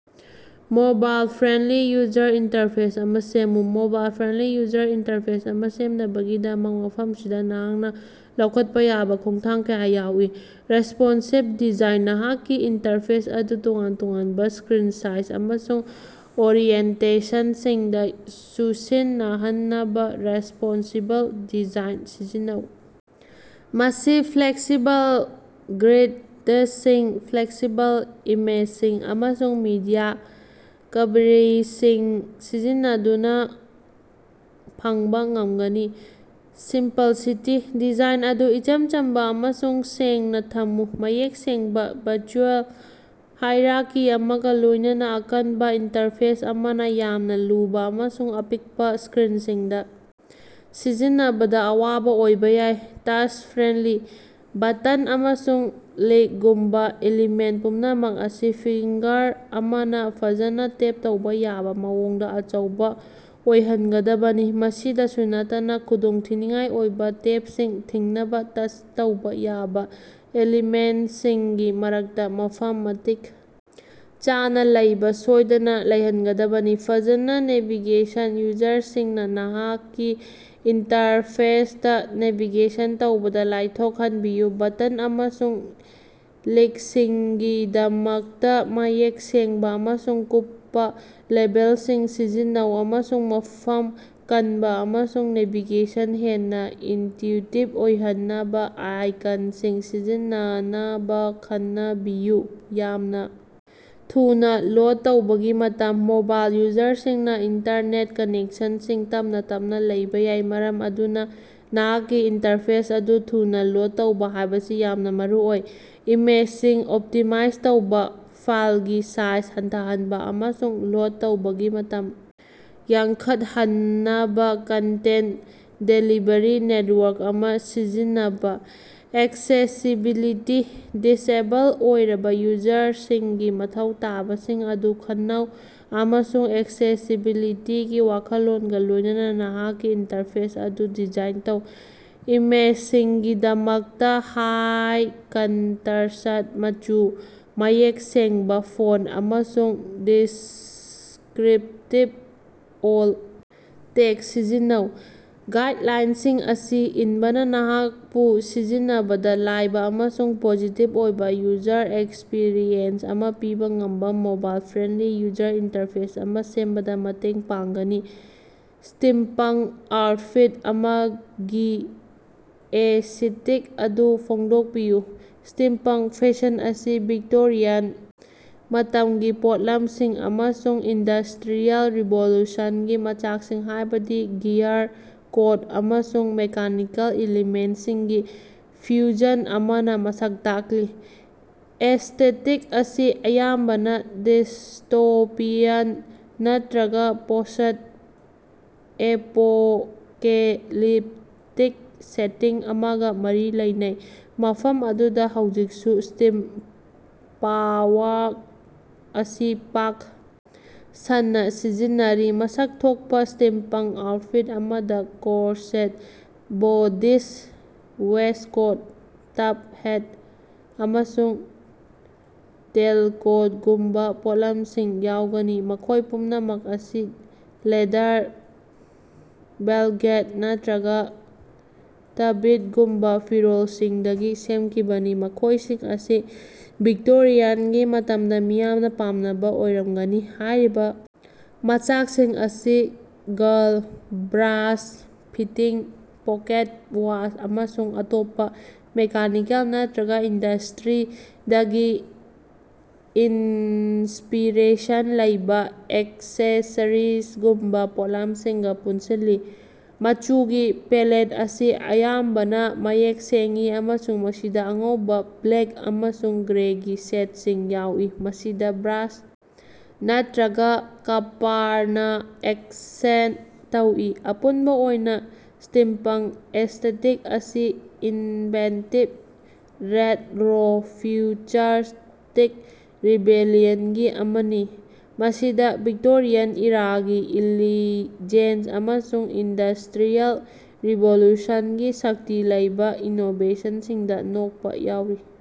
Mobile friendly user interface ꯑꯃ ꯁꯦꯝꯃꯨ꯫ Mobile friendly user interface ꯑꯃ ꯁꯦꯝꯅꯕꯒꯤꯗꯃꯛ, ꯃꯐꯝꯁꯤꯗ ꯅꯍꯥꯛꯅ ꯂꯧꯈꯠꯄ ꯌꯥꯕ ꯈꯣꯡꯊꯥꯡ ꯀꯌꯥ ꯌꯥꯎꯏ꯫ ꯔꯦꯁ꯭ꯄꯣꯟꯁꯤꯚ ꯗꯤꯖꯥꯏꯟ: ꯅꯍꯥꯛꯀꯤ ꯏꯟꯇꯔꯐꯦꯁ ꯑꯗꯨ ꯇꯣꯉꯥꯟ-ꯇꯣꯉꯥꯟꯕ ꯁ꯭ꯀꯔꯤꯟ ꯁꯥꯏꯖ ꯑꯃꯁꯨꯡ ꯑꯣꯔꯤꯑꯦꯟꯇꯦꯁꯟꯁꯤꯡꯗ ꯆꯨꯁꯤꯟꯅꯍꯟꯅꯕ ꯔꯦꯁ꯭ꯄꯣꯟꯁꯤꯕꯜ ꯗꯤꯖꯥꯏꯟ ꯁꯤꯖꯤꯟꯅꯧ꯫ ꯃꯁꯤ ꯐ꯭ꯂꯦꯛꯁꯤꯕꯜ ꯒ꯭ꯔꯤꯗꯁꯤꯡ, ꯐ꯭ꯂꯦꯛꯁꯤꯕꯜ ꯏꯃꯦꯖꯁꯤꯡ, ꯑꯃꯁꯨꯡ ꯃꯤꯗꯤꯌꯥ ꯀ꯭ꯕꯦꯔꯤꯁꯤꯡ ꯁꯤꯖꯤꯟꯅꯗꯨꯅ ꯐꯪꯕꯥ ꯉꯝꯒꯅꯤ꯫ ꯁꯤꯝꯄꯜꯁꯤꯇꯤ: ꯗꯤꯖꯥꯏꯟ ꯑꯗꯨ ꯏꯆꯝ ꯆꯝꯕ ꯑꯃꯁꯨꯡ ꯁꯦꯡꯅꯥ ꯊꯝꯃꯨ, ꯃꯌꯦꯛ ꯁꯦꯡꯕ ꯚꯔꯖꯨꯑꯦꯜ ꯍꯥꯏꯔꯀꯤ ꯑꯃꯒ ꯂꯣꯏꯅꯅ꯫ ꯑꯀꯟꯕ ꯏꯟꯇꯔꯐꯦꯁ ꯑꯃꯅꯥ ꯌꯥꯝꯅ ꯂꯨꯕ ꯑꯃꯁꯨꯡ ꯑꯄꯤꯛꯄ ꯁ꯭ꯀꯔꯤꯟꯁꯤꯡꯗ ꯁꯤꯖꯤꯟꯅꯕꯗ ꯑꯋꯥꯕ ꯑꯣꯏꯕ ꯌꯥꯏ꯫ ꯇꯆ-ꯐ꯭ꯔꯦꯟꯂꯤ: ꯕꯇꯟ ꯑꯃꯁꯨꯡ ꯂꯦꯒꯨꯝꯕ ꯑꯦꯂꯤꯃꯦꯟ ꯄꯨꯝꯅꯃꯛ ꯑꯁꯤ ꯐꯤꯡꯒꯔ ꯑꯃꯅ ꯐꯖꯅ ꯇꯦꯞ ꯇꯧꯕ ꯌꯥꯕ ꯃꯑꯣꯡꯗ ꯑꯆꯧꯕ ꯑꯣꯏꯍꯟꯒꯗꯕꯅꯤ꯫ ꯃꯁꯤꯗꯁꯨ ꯅꯠꯇꯅ, ꯈꯨꯗꯣꯡꯊꯤꯅꯤꯉꯥꯏ ꯑꯣꯏꯕ ꯇꯦꯞꯁꯤꯡ ꯊꯤꯡꯅꯕ ꯇꯆ ꯇꯧꯕ ꯌꯥꯕ ꯑꯦꯂꯤꯃꯦꯟꯁꯤꯡꯒꯤ ꯃꯔꯛꯇ ꯃꯐꯝ ꯃꯇꯤꯛ ꯆꯥꯅꯥ ꯂꯩꯕ ꯁꯣꯏꯗꯅ ꯂꯩꯍꯟꯒꯗꯕꯅꯤ꯫ ꯐꯖꯅ ꯅꯦꯚꯤꯒꯦꯁꯟ: ꯌꯨꯖꯔꯁꯤꯡꯅ ꯅꯍꯥꯛꯀꯤ ꯏꯟꯇꯔꯐꯦꯁꯇ ꯅꯦꯚꯤꯒꯦꯁꯟ ꯇꯧꯕꯗ ꯂꯥꯏꯊꯣꯛꯍꯟꯕꯤꯌꯨ꯫ ꯕꯇꯟ ꯑꯃꯁꯨꯡ ꯂꯤꯡꯁꯤꯡꯒꯤꯗꯃꯛꯇ ꯃꯌꯦꯛ ꯁꯦꯡꯕ ꯑꯃꯁꯨꯡ ꯀꯨꯞꯄ ꯂꯦꯕꯦꯜꯁꯤꯡ ꯁꯤꯖꯤꯟꯅꯧ, ꯑꯃꯁꯨꯡ ꯃꯐꯝ ꯀꯟꯕ ꯑꯃꯁꯨꯡ ꯅꯦꯚꯤꯒꯦꯁꯟ ꯍꯦꯟꯅ ꯏꯟꯇꯌꯨꯇꯤꯕ ꯑꯣꯏꯍꯟꯅꯕ ꯑꯥꯏꯀꯟꯁꯤꯡ ꯁꯤꯖꯤꯟꯅꯅꯕ ꯈꯟꯅꯕꯤꯌꯨ꯫ ꯌꯥꯝꯅ ꯊꯨꯅꯥ ꯂꯣꯗ ꯇꯧꯕꯒꯤ ꯃꯇꯝ: ꯃꯣꯕꯥꯏꯜ ꯌꯨꯖꯔꯁꯤꯡꯅ ꯏꯟꯇꯔꯅꯦꯠ ꯀꯅꯦꯛꯁꯟꯁꯤꯡ ꯇꯞꯅ ꯇꯞꯅ ꯂꯩꯕ ꯌꯥꯏ, ꯃꯔꯝ ꯑꯗꯨꯅ ꯅꯍꯥꯛꯀꯤ ꯏꯟꯇꯔꯐꯦꯁ ꯑꯗꯨ ꯊꯨꯅ ꯂꯣꯗ ꯇꯧꯕ ꯍꯥꯏꯕꯁꯤ ꯌꯥꯝꯅ ꯃꯔꯨꯑꯣꯏ꯫ ꯏꯃꯦꯖꯁꯤꯡ ꯑꯣꯞꯇꯤꯃꯥꯏꯖ ꯇꯧꯕ, ꯐꯥꯏꯜꯒꯤ ꯁꯥꯏꯖ ꯍꯟꯊꯍꯟꯕ, ꯑꯃꯁꯨꯡ ꯂꯣꯗ ꯇꯧꯕꯒꯤ ꯃꯇꯝ ꯌꯥꯡꯈꯠꯍꯟꯅꯕ ꯀꯟꯇꯦꯟ ꯗꯦꯂꯤꯚꯔꯤ ꯅꯦꯠꯋꯥꯔꯛ ꯑꯃ ꯁꯤꯖꯤꯟꯅꯕ꯫ ꯑꯦꯛꯁꯦꯁꯤꯕꯤꯂꯤꯇꯤ: ꯗꯤꯁꯑꯦꯕꯜ ꯑꯣꯏꯔꯕ ꯌꯨꯖꯔꯁꯤꯡꯒꯤ ꯃꯊꯧ ꯇꯥꯕꯁꯤꯡ ꯑꯗꯨ ꯈꯟꯅꯧ ꯑꯃꯁꯨꯡ ꯑꯦꯛꯁꯦꯁꯤꯕꯤꯂꯤꯇꯤꯒꯤ ꯋꯥꯈꯜꯂꯣꯟꯒ ꯂꯣꯏꯅꯅ ꯅꯍꯥꯛꯀꯤ ꯏꯟꯇꯔꯐꯦꯁ ꯑꯗꯨ ꯗꯤꯖꯥꯏꯟ ꯇꯧ꯫ ꯏꯃꯦꯖꯁꯤꯡꯒꯤꯗꯃꯛꯇ ꯍꯥꯏ ꯀꯟꯇꯔꯁ꯭ꯠ ꯃꯆꯨ, ꯃꯌꯦꯛ ꯁꯦꯡꯕ ꯐꯣꯟꯠ, ꯑꯃꯁꯨꯡ ꯗꯤꯁ꯭ꯀꯔꯤꯞꯇꯤꯕ ꯑꯣꯜ ꯇꯦꯛꯁ ꯁꯤꯖꯤꯟꯅꯧ꯫ ꯒꯥꯏꯠꯂꯥꯏꯟꯁꯤꯡ ꯑꯁꯤ ꯏꯟꯕꯅ ꯅꯍꯥꯛꯄꯨ ꯁꯤꯖꯤꯟꯅꯕꯗ ꯂꯥꯏꯕ ꯑꯃꯁꯨꯡ ꯄꯣꯖꯤꯇꯤꯚ ꯑꯣꯏꯕ ꯌꯨꯖꯔ ꯑꯦꯛꯁꯄꯤꯔꯤꯑꯦꯟꯁ ꯑꯃ ꯄꯤꯕ ꯉꯝꯕ ꯃꯣꯕꯥꯏꯜ-ꯐ꯭ꯔꯦꯟꯂꯤ ꯌꯨꯖꯔ ꯏꯟꯇꯔꯐꯦꯁ ꯑꯃꯥ ꯁꯦꯝꯕꯗ ꯃꯇꯦꯡ ꯄꯥꯡꯒꯅꯤ꯫ ꯁ꯭ꯇꯤꯝꯄꯪ ꯑꯥꯎꯠꯐꯤꯠ ꯑꯃꯒꯤ ꯑꯦꯁꯤꯇꯤꯛ ꯑꯗꯨ ꯐꯣꯡꯗꯣꯛꯄꯤꯌꯨ꯫ ꯁ꯭ꯇꯤꯝꯄꯪ ꯐꯦꯁꯟ ꯑꯁꯤ ꯚꯤꯛꯇꯣꯔꯤꯌꯥꯟ ꯃꯇꯝꯒꯤ ꯄꯣꯠꯂꯝꯁꯤꯡ ꯑꯃꯁꯨꯡ ꯏꯟꯗꯁ꯭ꯇꯔꯤꯌꯦꯜ ꯔꯤꯚꯣꯂꯨꯁꯟꯒꯤ ꯃꯆꯥꯛꯁꯤꯡ ꯍꯥꯏꯕꯗꯤ ꯒꯤꯌꯔ, ꯀꯣꯠ, ꯑꯃꯁꯨꯡ ꯃꯦꯀꯥꯅꯤꯀꯦꯜ ꯏꯂꯤꯃꯦꯟꯁꯤꯡꯒꯤ ꯐ꯭ꯌꯨꯖꯟ ꯑꯃꯅ ꯃꯁꯛ ꯇꯥꯛꯂꯤ꯫ ꯑꯦꯁ꯭ꯇꯦꯇꯤꯛ ꯑꯁꯤ ꯑꯌꯥꯝꯕꯅ ꯗꯤꯁ꯭ꯇꯣꯄꯤꯌꯟ ꯅꯠꯇ꯭ꯔꯒ ꯄꯣꯁ꯭ꯠ-ꯑꯦꯄꯣꯀꯦꯂꯤꯞꯇꯤꯛ ꯁꯦꯇꯤꯡ ꯑꯃꯒ ꯃꯔꯤ ꯂꯩꯅꯩ, ꯃꯐꯝ ꯑꯗꯨꯗ ꯍꯧꯖꯤꯛꯁꯨ ꯁ꯭ꯇꯤꯝ ꯄꯥꯋꯥꯛ ꯑꯁꯤ ꯄꯥꯛ ꯁꯟꯅ ꯁꯤꯖꯤꯟꯅꯔꯤ꯫ ꯃꯁꯛ ꯊꯣꯛꯄ ꯁ꯭ꯇꯤꯝꯄꯪ ꯑꯥꯎꯠꯐꯤꯠ ꯑꯃꯗ corset, bodice, waistcoat, top hat, ꯑꯃꯁꯨꯡ ꯇꯦꯜꯀꯣꯠꯒꯨꯝꯕ ꯄꯣꯠꯂꯝꯁꯤꯡ ꯌꯥꯎꯒꯅꯤ, ꯃꯈꯣꯏ ꯄꯨꯝꯅꯃꯛ ꯑꯁꯤ ꯂꯦꯗꯔ, ꯚꯦꯂꯚꯦꯠ ꯅꯠꯇꯔꯒ ꯇ꯭ꯕꯤꯠꯒꯨꯝꯕ ꯐꯤꯔꯣꯜꯁꯤꯡꯗꯒꯤ ꯁꯦꯝꯈꯤꯕꯅꯤ, ꯃꯈꯣꯏꯁꯤꯡ ꯑꯁꯤ ꯚꯤꯛꯇꯣꯔꯤꯌꯥꯟꯒꯤ ꯃꯇꯝꯗ ꯃꯤꯌꯥꯝꯅ ꯄꯥꯝꯅꯕ ꯑꯣꯏꯔꯝꯒꯅꯤ꯫ ꯍꯥꯏꯔꯤꯕ ꯃꯆꯥꯛꯁꯤꯡ ꯑꯁꯤ ꯒꯜ, ꯕ꯭ꯔꯥꯁ ꯐꯤꯇꯤꯡ, ꯄꯣꯀꯦꯠ ꯋꯥꯆ, ꯑꯃꯁꯨꯡ ꯑꯇꯣꯞꯄ ꯃꯦꯀꯥꯅꯤꯀꯦꯜ ꯅꯠꯇꯔꯒ ꯏꯟꯗꯁ꯭ꯇꯔꯤꯗꯒꯤ ꯏꯟꯁ꯭ꯄꯤꯔꯦꯁꯟ ꯂꯩꯕ ꯑꯦꯛꯁꯦꯁꯔꯤꯖꯒꯨꯝꯕ ꯄꯣꯠꯂꯝꯁꯤꯡꯒ ꯄꯨꯟꯁꯤꯜꯂꯤ꯫ ꯃꯆꯨꯒꯤ ꯄꯦꯂꯦꯠ ꯑꯁꯤ ꯑꯌꯥꯝꯕꯅ ꯃꯌꯦꯛ ꯁꯦꯡꯏ ꯑꯃꯁꯨꯡ ꯃꯁꯤꯗ ꯑꯉꯧꯕ, ꯕ꯭ꯂꯦꯛ ꯑꯃꯁꯨꯡ ꯒ꯭ꯔꯦꯒꯤ ꯁꯦꯠꯁꯤꯡ ꯌꯥꯎꯏ, ꯃꯁꯤꯗ ꯕ꯭ꯔꯥꯁ ꯅꯠꯇ꯭ꯔꯒ ꯀꯄꯥꯔꯅ ꯑꯦꯛꯁꯦꯟ ꯇꯧꯏ꯫ ꯑꯄꯨꯟꯕ ꯑꯣꯏꯅ, ꯁ꯭ꯇꯤꯝꯄꯪ ꯑꯦꯁ꯭ꯇꯦꯇꯤꯛ ꯑꯁꯤ ꯏꯟꯚꯦꯟꯇꯤꯕ, ꯔꯦꯠꯔꯣ-ꯐ꯭ꯌꯨꯆꯔꯁ꯭ꯇꯤꯛ ꯔꯤꯕꯦꯂꯤꯌꯟꯒꯤ ꯑꯃꯅꯤ, ꯃꯁꯤꯗ ꯚꯤꯛꯇꯣꯔꯤꯌꯥꯟ ꯏꯔꯥꯒꯤ ꯏꯂꯤꯖꯦꯟꯁ ꯑꯃꯁꯨꯡ ꯏꯟꯗꯁ꯭ꯇꯔꯤꯌꯦꯜ ꯔꯤꯚꯣꯂꯨꯁꯟꯒꯤ ꯁꯛꯇꯤ ꯂꯩꯕ ꯏꯅꯣꯕꯦꯁꯟꯁꯤꯡꯗ ꯅꯣꯛꯄ ꯌꯥꯎꯔꯤ꯫